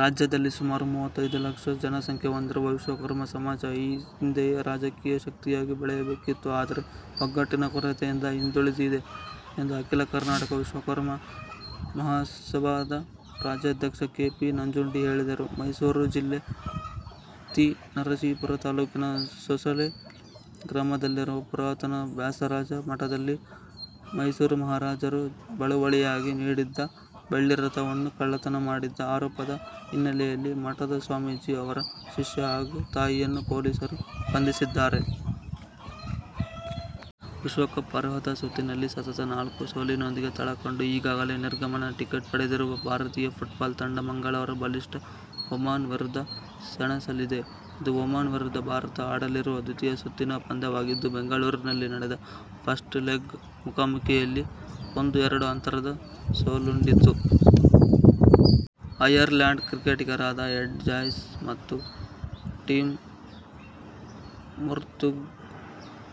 ರಾಜ್ಯದಲ್ಲಿ ಸುಮಾರು ಮೂವತ್ತೈದು ಲಕ್ಷ ಜನಸಂಖ್ಯೆ ಹೊಂದಿರುವ ವಿಶ್ವಕರ್ಮ ಸಮಾಜ ಈ ಹಿಂದೆಯೇ ರಾಜಕೀಯ ಶಕ್ತಿಯಾಗಿ ಬೆಳೆಯಬೇಕಿತ್ತು. ಆದರೆ, ಒಗ್ಗಟ್ಟಿನ ಕೊರತೆಯಿಂದ ಹಿಂದುಳಿದಿದೆ ಎಂದು ಅಖಿಲ ಕರ್ನಾಟಕ ವಿಶ್ವಕರ್ಮ ಮಹಾಸಭಾದ ರಾಜ್ಯಾಧ್ಯಕ್ಷ ಕೆ. ಪಿ. ನಂಜುಂಡಿ ಹೇಳಿದರು. ಮೈಸೂರು ಜಿಲ್ಲೆ ತಿ. ನರಸೀಪುರ ತಾಲೂಕಿನ ಸೋಸಲೆ ಗ್ರಾಮದಲ್ಲಿರುವ ಪುರಾತನ ವ್ಯಾಸರಾಜ ಮಠದಲ್ಲಿ ಮೈಸೂರು ಮಹಾರಾಜರು ಬಳುವಳಿಯಾಗಿ ನೀಡಿದ್ದ ಬೆಳ್ಳಿರಥವನ್ನು ಕಳ್ಳತನ ಮಾಡಿದ್ದ ಆರೋಪದ ಹಿನ್ನೆಲೆಯಲ್ಲಿ ಮಠದ ಸ್ವಾಮೀಜಿ, ಅವರ ಶಿಷ್ಯ ಹಾಗೂ ತಾಯಿಯನ್ನು ಪೊಲೀಸರು ಬಂಧಿಸಿದ್ದಾರೆ. ವಿಶ್ವಕಪ್ ಅರ್ಹತಾ ಸುತ್ತಿನಲ್ಲಿ ಸತತ ನಾಲ್ಕು ಸೋಲಿನೊಂದಿಗೆ ತಳ ಕಂಡು ಈಗಾಗಲೇ ನಿರ್ಗಮನ ಟಿಕೆಟ್ ಪಡೆದಿರುವ ಭಾರತೀಯ ಫುಟ್ಬಾಲ್ ತಂಡ ಮಂಗಳವಾರ ಬಲಿಷ್ಠ ಒಮಾನ್ ವಿರುದ್ಧ ಸೆಣಸಲಿದೆ. ಇದು ಒಮಾನ್ ವಿರುದ್ಧ ಭಾರತ ಆಡಲಿರುವ ದ್ವಿತೀಯ ಸುತ್ತಿನ ಪಂದ್ಯವಾಗಿದ್ದು, ಬೆಂಗಳೂರಿನಲ್ಲಿ ನಡೆದ "ಫಸ್ಟ್ ಲೆಗ್' ಮುಖಾಮುಖಿಯಲ್ಲಿ ಒಂದು-ಎರಡು ಅಂತರದ ಸೋಲುಂಡಿತ್ತು. ಅಯರ್ಲ್ಯಾಂಡ್ ಕ್ರಿಕೆಟಿಗರಾದ ಎಡ್ ಜಾಯ್ಸ ಮತ್ತು ಟಿಮ್ ಮುರ್ತುಗ್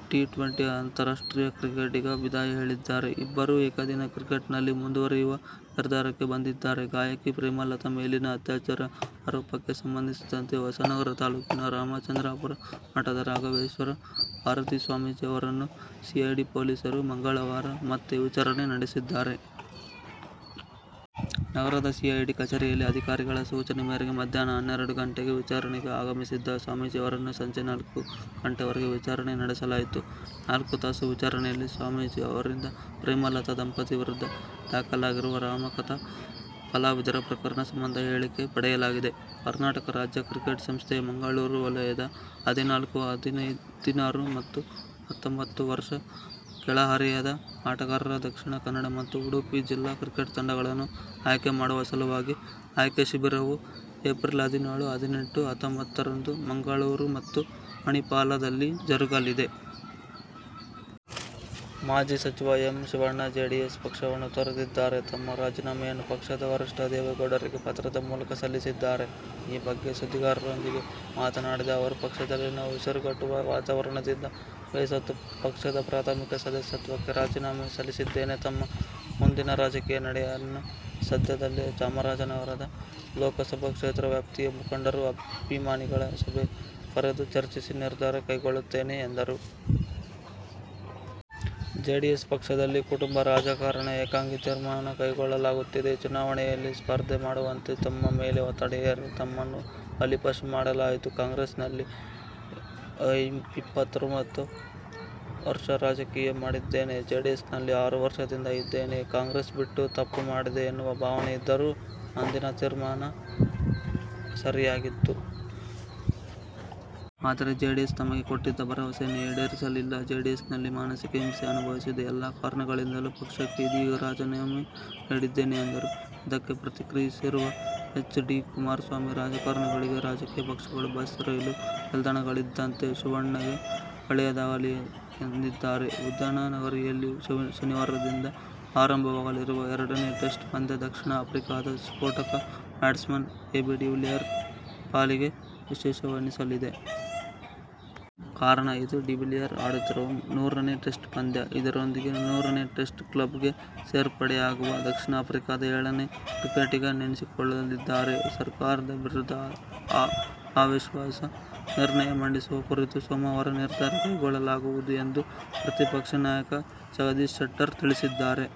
ಟಿ-ಟ್ವೆಂಟಿ ಅಂತಾರಾಷ್ಟ್ರೀಯ ಕ್ರಿಕೆಟಿಗೆ ವಿದಾಯ ಹೇಳಿದ್ದಾರೆ. ಇಬ್ಬರೂ ಏಕದಿನ ಕ್ರಿಕೆಟ್ನಲ್ಲಿ ಮುಂದುವರಿಯುವ ನಿರ್ಧಾರಕ್ಕೆ ಬಂದಿದ್ದಾರೆ. ಗಾಯಕಿ ಪ್ರೇಮಲತಾ ಮೇಲಿನ ಅತ್ಯಾಚಾರ ಆರೋಪಕ್ಕೆ ಸಂಬಂಧಿಸಿದಂತೆ ಹೊಸನಗರ ತಾಲೂಕಿನ ರಾಮಚಂದ್ರಾಪುರ ಮಠದ ರಾಘವೇಶ್ವರ ಭಾರತಿ ಸ್ವಾಮೀಜಿ ಅವರನ್ನು ಸಿಐಡಿ ಪೊಲೀಸರು ಮಂಗಳವಾರ ಮತ್ತೆ ವಿಚಾರಣೆ ನಡೆಸಿದ್ದಾರೆ. ನಗರದ ಸಿಐಡಿ ಕಚೇರಿಯಲ್ಲಿ ಅಧಿಕಾರಿಗಳ ಸೂಚನೆ ಮೇರೆಗೆ ಮಧ್ಯಾಹ್ನ ಹನ್ನೆರಡು ಗಂಟೆಗೆ ವಿಚಾರಣೆಗೆ ಆಗಮಿಸಿದ್ದ ಸ್ವಾಮೀಜಿಯವರನ್ನು ಸಂಜೆ ನಾಲ್ಕು ಗಂಟೆವರೆಗೆ ವಿಚಾರಣೆ ನಡೆಸಲಾಯಿತು. ನಾಲ್ಕು ತಾಸು ವಿಚಾರಣೆಯಲ್ಲಿ ಸ್ವಾಮೀಜಿ ಅವರಿಂದ ಪ್ರೇಮಲತಾ ದಂಪತಿ ವಿರುದ್ಧ ದಾಖಲಾಗಿರುವ ರಾಮಕಥಾ ಕಲಾವಿದರ ಪ್ರಕರಣ ಸಂಬಂಧ ಹೇಳಿಕೆ ಪಡೆಯಲಾಗಿದೆ. ಕರ್ನಾಟಕ ರಾಜ್ಯ ಕ್ರಿಕೆಟ್ ಸಂಸ್ಥೆಯ ಮಂಗಳೂರು ವಲಯದ ಹದಿನಾಲ್ಕು, ಹದಿನಾರು ಮತ್ತು ಹತ್ತೂಂಭತ್ತು ವರ್ಷ ಕೆಳಹರೆಯದ ಆಟಗಾರರ ದಕ್ಷಿಣಕನ್ನಡ ಮತ್ತು ಉಡುಪಿ ಜಿಲ್ಲಾ ಕ್ರಿಕೆಟ್ ತಂಡಗಳನ್ನು ಆಯ್ಕೆ ಮಾಡುವ ಸಲುವಾಗಿ ಆಯ್ಕೆ ಶಿಬಿರವು ಏಪ್ರಿಲ್ ಹದಿನೇಳು, ಹದಿನೆಂಟು, ಹತ್ತೊಂಬತ್ತ ರಂದು ಮಂಗಳೂರು ಮತ್ತು ಮಣಿಪಾಲದಲ್ಲಿ ಜರುಗಲಿದೆ. ಮಾಜಿ ಸಚಿವ ಎಂ. ಶಿವಣ್ಣ ಜೆಡಿಎಸ್ ಪಕ್ಷವನ್ನು ತೊರೆದಿದ್ದಾರೆ. ತಮ್ಮ ರಾಜೀನಾಮೆಯನ್ನು ಪಕ್ಷದ ವರಿಷ್ಠ ದೇವೇಗೌಡರಿಗೆ ಪತ್ರದ ಮೂಲಕ ಸಲ್ಲಿಸಿದ್ದಾರೆ. ಈ ಬಗ್ಗೆ ಸುದ್ದಿಗಾರರೊಂದಿಗೆ ಮಾತನಾಡಿದ ಅವರು, ಪಕ್ಷದಲ್ಲಿನ ಉಸಿರುಗಟ್ಟುವ ವಾತಾವರಣದಿಂದ ಬೇಸತ್ತು ಪಕ್ಷದ ಪ್ರಾಥಮಿಕ ಸದಸ್ಯತ್ವಕ್ಕೆ ರಾಜೀನಾಮೆ ಸಲ್ಲಿಸಿದ್ದೇನೆ. ತಮ್ಮ ಮುಂದಿನ ರಾಜಕೀಯ ನಡೆಯನ್ನು ಸದ್ಯದಲ್ಲಿ ಚಾಮರಾಜನಗರದ ಲೋಕಸಭಾ ಕ್ಷೇತ್ರ ವ್ಯಾಪ್ತಿಯ ಮುಖಂಡರು, ಅಭಿಮಾನಿಗಳ ಸಭೆ ಕರೆದು ಚರ್ಚಿಸಿ ನಿರ್ಧಾರ ಕೈಗೊಳ್ಳುತ್ತೇನೆ ಎಂದರು. ಜೆಡಿಎಸ್ ಪಕ್ಷದಲ್ಲಿ ಕುಟುಂಬ ರಾಜಕಾರಣ, ಏಕಾಂಗಿ ತೀರ್ಮಾನ ಕೈಗೊಳ್ಳಲಾಗುತ್ತಿದೆ. ಚುನಾವಣೆಯಲ್ಲಿ ಸ್ಪರ್ಧೆ ಮಾಡುವಂತೆ ತಮ್ಮ ಮೇಲೆ ಒತ್ತಡ ಹೇರಿ ತಮ್ಮನ್ನು ಬಲಿಪಶು ಮಾಡಲಾಯಿತು. ಕಾಂಗ್ರೆಸ್ನಲ್ಲಿ ಇಪ್ಪತ್ತೊಂಬತ್ತು ವರ್ಷ ರಾಜಕೀಯ ಮಾಡಿದ್ದೇನೆ. ಜೆಡಿಎಸ್ನಲ್ಲಿ ಆರು ವರ್ಷದಿಂದ ಇದ್ದೇನೆ. ಕಾಂಗ್ರೆಸ್ ಬಿಟ್ಟು ತಪ್ಪು ಮಾಡಿದೆ ಎನ್ನುವ ಭಾವನೆ ಇದ್ದರೂ ಅಂದಿನ ತೀರ್ಮಾನ ಸರಿಯಾಗಿತ್ತು. ಆದರೆ ಜೆಡಿಎಸ್ ತಮಗೆ ಕೊಟ್ಟಿದ್ದ ಭರವಸೆಯನ್ನು ಈಡೇರಿಸಲಿಲ್ಲ. ಜೆಡಿಎಸ್ನಲ್ಲಿ ಮಾನಸಿಕ ಹಿಂಸೆ ಅನುಭವಿಸಿದೆ ಎಲ್ಲ ಕಾರಣಗಳಿಂದಲೂ ಪಕ್ಷಕ್ಕೆ ಇದೀಗ ರಾಜೀನಾಮೆ ನೀಡಿದ್ದೇನೆ ಎಂದರು. ಇದಕ್ಕೆ ಪ್ರತಿಕ್ರಿಯಿಸಿರುವ ಎಚ್. ಡಿ. ಕುಮಾರಸ್ಮಾಮಿ, ರಾಜಕಾರಣಿಗಳಿಗೆ ರಾಜಕೀಯ ಪಕ್ಷಗಳು ಬಸ್, ರೈಲು ನಿಲ್ದಾಣಗಳಿದ್ದಂತೆ. ಶಿವಣ್ಣಗೆ ಒಳ್ಳೆಯದಾಗಲಿ ಎಂದಿದ್ದಾರೆ. ಉದ್ಯಾನನಗರಿಯಲ್ಲಿ ಶನಿವಾರದಿಂದ ಆರಂಭವಾಗಲಿರುವ ಎರಡನೇ ಟೆಸ್ಟ್ ಪಂದ್ಯ ದಕ್ಷಿಣ ಆಫ್ರಿಕಾದ ಸ್ಫೋಟಕ ಬ್ಯಾಟ್ಸ್ಮನ್ ಎಬಿ ಡಿವಿಲಿಯರ್ ಪಾಲಿಗೆ ವಿಶೇಷವೆನಿಸಲಿದೆ. ಕಾರಣ, ಇದು ಡಿವಿಲಿಯರ್ ಆಡುತ್ತಿರುವ ನೂರನೇ ಟೆಸ್ಟ್ ಪಂದ್ಯ. ಇದರೊಂದಿಗೆ ನೂರನೇ ಟೆಸ್ಟ್ ಕ್ಲಬ್ಗೆ ಸೇರ್ಪಡೆಯಾಗುವ ದಕ್ಷಿಣ ಆಫ್ರಿಕಾದ ಏಳನೇ ಕ್ರಿಕೆಟಿಗನೆನಿಸಿಕೊಳ್ಳಲಿದ್ದಾರೆ. ಸರ್ಕಾರದ ವಿರುದ್ಧ ಅವಿಶ್ವಾಸ ನಿರ್ಣಯ ಮಂಡಿಸುವ ಕುರಿತು ಸೋಮವಾರ ನಿರ್ಧಾರ ಕೈಗೊಳ್ಳಲಾಗುವುದು ಎಂದು ಪ್ರತಿಪಕ್ಷ ನಾಯಕ ಜಗದೀಶ್ ಶೆಟ್ಟರ್ ತಿಳಿಸಿದ್ದಾರೆ.